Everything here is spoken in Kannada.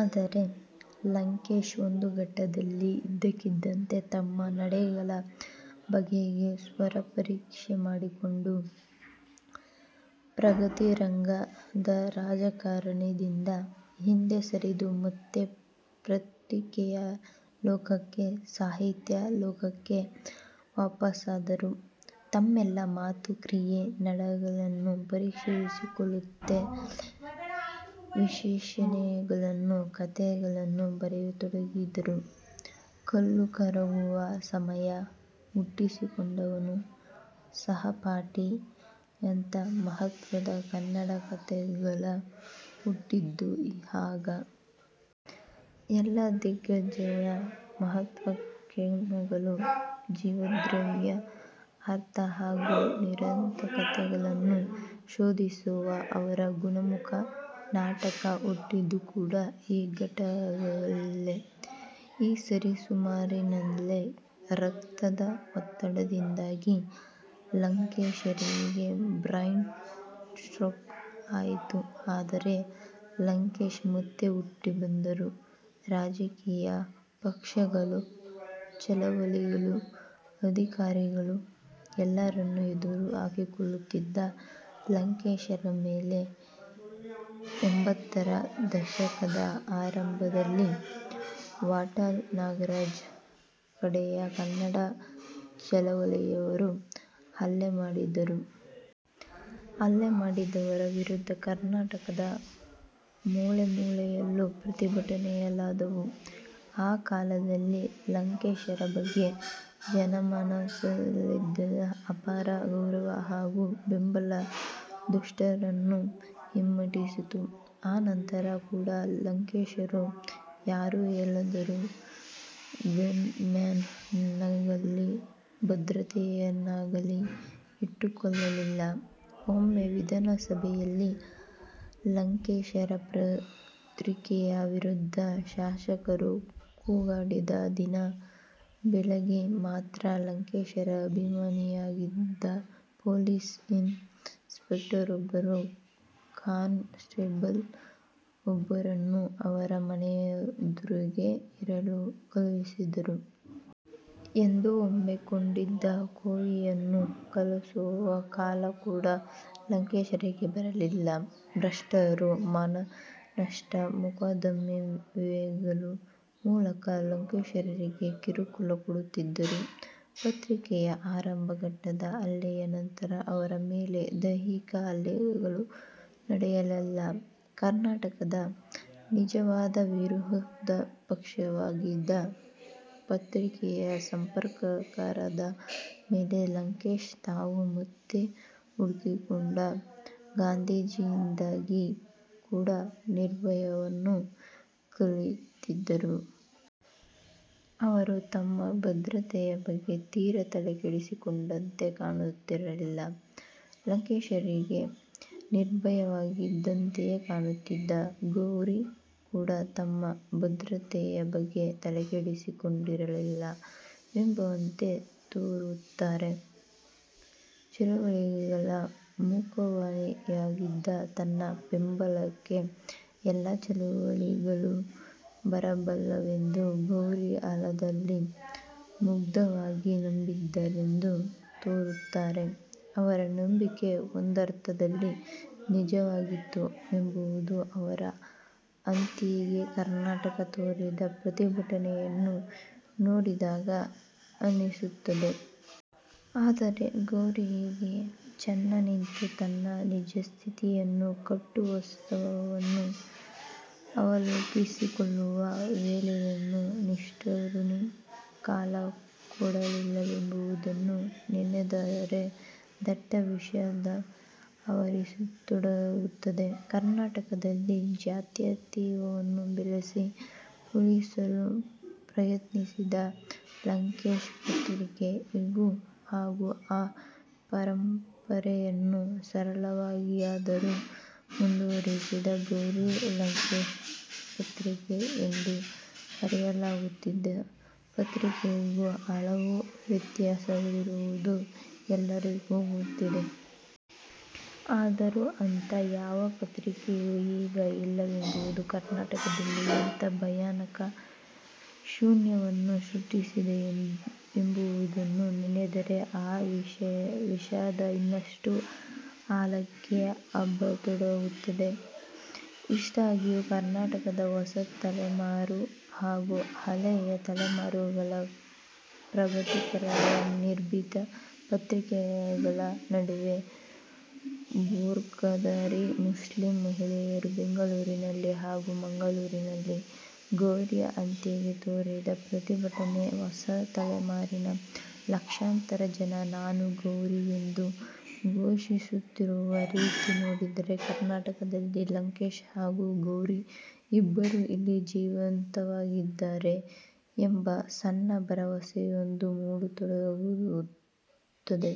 ಆದರೆ ಲಂಕೇಶ್ ಒಂದು ಘಟ್ಟದಲ್ಲಿ ಇದ್ದಕ್ಕಿದ್ದಂತೆ ತಮ್ಮ ನಡೆಗಳ ಬಗೆಗೆ ಸ್ವಪರೀಕ್ಷೆ ಮಾಡಿಕೊಂಡು, 'ಪ್ರಗತಿರಂಗ'ದ ರಾಜಕಾರಣದಿಂದ ಹಿಂದೆ ಸರಿದು ಮತ್ತೆ ಪತ್ರಿಕೆಯ ಲೋಕಕ್ಕೆ ಸಾಹಿತ್ಯ ಲೋಕಕ್ಕೆ ವಾಪಸಾದರು. ತಮ್ಮೆಲ್ಲ ಮಾತು, ಕ್ರಿಯೆ, ನಡೆಗಳನ್ನೂ ಪರೀಕ್ಷಿಸಿಕೊಳ್ಳುತ್ತಲೇ ವಿಶ್ಲೇಷಣೆಗಳನ್ನು, ಕತೆಗಳನ್ನು ಬರೆಯತೊಡಗಿದರು. 'ಕಲ್ಲು ಕರಗುವ ಸಮಯ', 'ಮುಟ್ಟಿಸಿಕೊಂಡವನು', 'ಸಹಪಾಠಿ'ಯಂಥ ಮಹತ್ವದ ಕನ್ನಡ ಕತೆಗಳು ಹುಟ್ಟಿದ್ದು ಆಗ. ಎಲ್ಲ ದಿಗ್ವಿಜಯ, ಮಹತ್ವಾಕಾಂಕ್ಷೆಗಳ ಜೀವದ್ರವ್ಯ, ಅರ್ಥ ಹಾಗೂ ನಿರರ್ಥಕತೆಗಳನ್ನು ಶೋಧಿಸುವ ಅವರ 'ಗುಣಮುಖ' ನಾಟಕ ಹುಟ್ಟಿದ್ದು ಕೂಡ ಈ ಘಟ್ಟಗಳಲ್ಲೇ. ಈ ಸರಿಸುಮಾರಿನಲ್ಲೇ ರಕ್ತದ ಒತ್ತಡದಿಂದಾಗಿ ಲಂಕೇಶರಿಗೆ ಬ್ರೈನ್ ಸ್ಟ್ರೋಕ್ ಆಯಿತು. ಆದರೆ ಲಂಕೇಶ್ ಮತ್ತೆ ಹುಟ್ಟಿ ಬಂದರು. ರಾಜಕೀಯ ಪಕ್ಷಗಳು, ಚಳವಳಿಗಳು, ಅಧಿಕಾರಿಗಳು ಎಲ್ಲರನ್ನೂ ಎದುರು ಹಾಕಿಕೊಳ್ಳುತ್ತಿದ್ದ ಲಂಕೇಶರ ಮೇಲೆ ಎಂಬತ್ತರ ದಶಕದ ಆರಂಭದಲ್ಲಿ ವಾಟಾಳ್ ನಾಗರಾಜ್ ಕಡೆಯ ಕನ್ನಡ ಚಳವಳಿಯವರು ಹಲ್ಲೆ ಮಾಡಿದ್ದರು. ಹಲ್ಲೆ ಮಾಡಿದವರ ವಿರುದ್ಧ ಕರ್ನಾಟಕದ ಮೂಲೆಮೂಲೆಗಳಲ್ಲೂ ಪ್ರತಿಭಟನೆಗಳಾದವು. ಆ ಕಾಲದಲ್ಲಿ ಲಂಕೇಶರ ಬಗ್ಗೆ ಜನಮಾನಸದಲ್ಲಿದ್ದ ಅಪಾರ ಗೌರವ ಹಾಗೂ ಬೆಂಬಲ ದುಷ್ಟರನ್ನು ಹಿಮ್ಮೆಟ್ಟಿಸಿತ್ತು. ಆನಂತರ ಕೂಡ ಲಂಕೇಶರು ಯಾರು ಹೇಳಿದರೂ ಗನ್ ಮ್ಯಾನ್ ನನ್ನಾಗಲೀ ಭದ್ರತೆಯನ್ನಾಗಲೀ ಇಟ್ಟುಕೊಳ್ಳಲಿಲ್ಲ. ಒಮ್ಮೆ ವಿಧಾನಸಭೆಯಲ್ಲಿ ಲಂಕೇಶರ ಪತ್ರಿಕೆಯ ವಿರುದ್ಧ ಶಾಸಕರು ಕೂಗಾಡಿದ ದಿನ ಬೆಳಗ್ಗೆ ಮಾತ್ರ ಲಂಕೇಶರ ಅಭಿಮಾನಿಯಾಗಿದ್ದ ಪೊಲೀಸ್ ಇನ್ ಸ್ಪೆಕ್ಟರೊಬ್ಬರು ಕಾನ್ ಸ್ಟೇಬಲ್ ಒಬ್ಬರನ್ನು ಅವರ ಮನೆಯೆದುರಿಗೆ ಇರಲು ಕಳಿಸಿದ್ದರು. ಎಂದೋ ಒಮ್ಮೆ ಕೊಂಡಿದ್ದ ಕೋವಿಯನ್ನು ಬಳಸುವ ಕಾಲ ಕೂಡ ಲಂಕೇಶರಿಗೆ ಬರಲಿಲ್ಲ. ಭ್ರಷ್ಟರು ಮಾನನಷ್ಟ ಮೊಕದ್ದಮೆಗಳ ಮೂಲಕ ಲಂಕೇಶರಿಗೆ ಕಿರುಕುಳ ಕೊಡುತ್ತಿದ್ದರೂ, ಪತ್ರಿಕೆಯ ಆರಂಭ ಘಟ್ಟದ ಹಲ್ಲೆಯ ನಂತರ ಅವರ ಮೇಲೆ ದೈಹಿಕ ಹಲ್ಲೆಗಳು ನಡೆಯಲಿಲ್ಲ. ಕರ್ನಾಟಕದ ನಿಜವಾದ ವಿರೋಧ ಪಕ್ಷವಾಗಿದ್ದ ಪತ್ರಿಕೆಯ ಸಂಪಾದಕರಾದ ಮೇಲೆ ಲಂಕೇಶ್ ತಾವು ಮತ್ತೆ ಹುಡುಕಿಕೊಂಡ ಗಾಂಧೀಜಿಯಿಂದಾಗಿ ಕೂಡ ನಿರ್ಭಯವನ್ನು ಕಲಿತಿದ್ದರು. ಅವರು ತಮ್ಮ ಭದ್ರತೆಯ ಬಗ್ಗೆ ತೀರಾ ತಲೆ ಕೆಡಿಸಿಕೊಂಡಂತೆ ಕಾಣುತ್ತಿರಲಿಲ್ಲ. ಲಂಕೇಶರಿಗಿಂತ ನಿರ್ಭಯವಾಗಿದ್ದಂತೆ ಕಾಣುತ್ತಿದ್ದ ಗೌರಿ ಕೂಡ ತಮ್ಮ ಭದ್ರತೆಯ ಬಗ್ಗೆ ತಲೆಕೆಡಿಸಿಕೊಂಡಿರಲಿಲ್ಲವೆಂಬಂತೆ ತೋರುತ್ತದೆ. ಚಳವಳಿಗಳ ಮುಖವಾಣಿಯಾಗಿದ್ದ ತನ್ನ ಬೆಂಬಲಕ್ಕೆ ಎಲ್ಲ ಚಳವಳಿಗಳೂ ಬರಬಲ್ಲವೆಂದು ಗೌರಿ ಆಳದಲ್ಲಿ ಮುಗ್ಧವಾಗಿ ನಂಬಿದ್ದರೆಂದು ತೋರುತ್ತದೆ. ಅವರ ನಂಬಿಕೆ ಒಂದರ್ಥದಲ್ಲಿ ನಿಜವಾಗಿತ್ತು ಎಂಬುದು ಅವರ ಹತ್ಯೆಗೆ ಕರ್ನಾಟಕ ತೋರಿದ ಪ್ರತಿಭಟನೆಯನ್ನು ನೋಡಿದಾಗ ಅನ್ನಿಸುತ್ತದೆ. ಆದರೆ ಗೌರಿಗೆ ಚಣ ನಿಂತು ತನ್ನ ನಿಜಸ್ಥಿತಿಯನ್ನು, ಕಟು ವಾಸ್ತವವನ್ನು ಅವಲೋಕಿಸಿಕೊಳ್ಳುವ ವೇಳೆಯನ್ನೂ ನಿಷ್ಕರುಣಿ ಕಾಲ ಕೊಡಲಿಲ್ಲವೆಂಬುದನ್ನು ನೆನೆದರೆ ದಟ್ಟ ವಿಷಾದ ಆವರಿಸತೊಡಗುತ್ತದೆ. ಕರ್ನಾಟಕದಲ್ಲಿ ಜಾತ್ಯತೀತವನ್ನು ಬೆಳೆಸಿ, ಉಳಿಸಲು ಪ್ರಯತ್ನಿಸಿದ 'ಲಂಕೇಶ್ ಪತ್ರಿಕೆ'ಗೂ ಹಾಗೂ ಆ ಪರಂಪರೆಯನ್ನು ಸರಳವಾಗಿಯಾದರೂ ಮುಂದುವರಿಸಿದ, 'ಗೌರಿ ಲಂಕೇಶ್ ಪತ್ರಿಕೆ' ಎಂದು ಕರೆಯಲಾಗುತ್ತಿದ್ದ ಪತ್ರಿಕೆಗೂ ಹಲವು ವ್ಯತ್ಯಾಸಗಳಿರುವುದು ಎಲ್ಲರಿಗೂ ಗೊತ್ತಿದೆ. ಆದರೂ ಅಂಥ ಯಾವ ಪತ್ರಿಕೆಯೂ ಈಗ ಇಲ್ಲವೆಂಬುದು ಕರ್ನಾಟಕದಲ್ಲಿ ಎಂಥ ಭಯಾನಕ ಶೂನ್ಯವನ್ನು ಸೃಷ್ಟಿಸಿದೆ ಎಂಬುದನ್ನು ನೆನೆದರೆ ಆ ವಿಷಾದ ಇನ್ನಷ್ಟು ಆಳಕ್ಕೆ ಹಬ್ಬತೊಡಗುತ್ತದೆ. ಇಷ್ಟಾಗಿಯೂ, ಕರ್ನಾಟಕದ ಹೊಸ ತಲೆಮಾರು ಹಾಗೂ ಹಳೆಯ ತಲೆಮಾರುಗಳ ಪ್ರಗತಿಪರರ ನಿರ್ಭೀತ ಪ್ರತಿಕ್ರಿಯೆಗಳ ನಡುವೆ ಬುರ್ಖಾಧಾರಿ ಮುಸ್ಲಿಂ ಮಹಿಳೆಯರು ಬೆಂಗಳೂರಿನಲ್ಲಿ ಹಾಗೂ ಮಂಗಳೂರಿನಲ್ಲಿ ಗೌರಿ ಹತ್ಯೆಗೆ ತೋರಿದ ಪ್ರತಿಭಟನೆ, ಹೊಸ ತಲೆಮಾರಿನ ಲಕ್ಷಾಂತರ ಜನ 'ನಾನು ಗೌರಿ' ಎಂದು ಘೋಷಿಸುತ್ತಿರುವ ರೀತಿ ನೋಡಿದರೆ ಕರ್ನಾಟಕದಲ್ಲಿ ಲಂಕೇಶ್ ಹಾಗೂ ಗೌರಿ ಇಬ್ಬರೂ ಇಲ್ಲಿ ಜೀವಂತವಾಗಿದ್ದಾರೆ ಎಂಬ ಸಣ್ಣ ಭರವಸೆಯೊಂದು ಮೂಡತೊಡಗುತ್ತದೆ.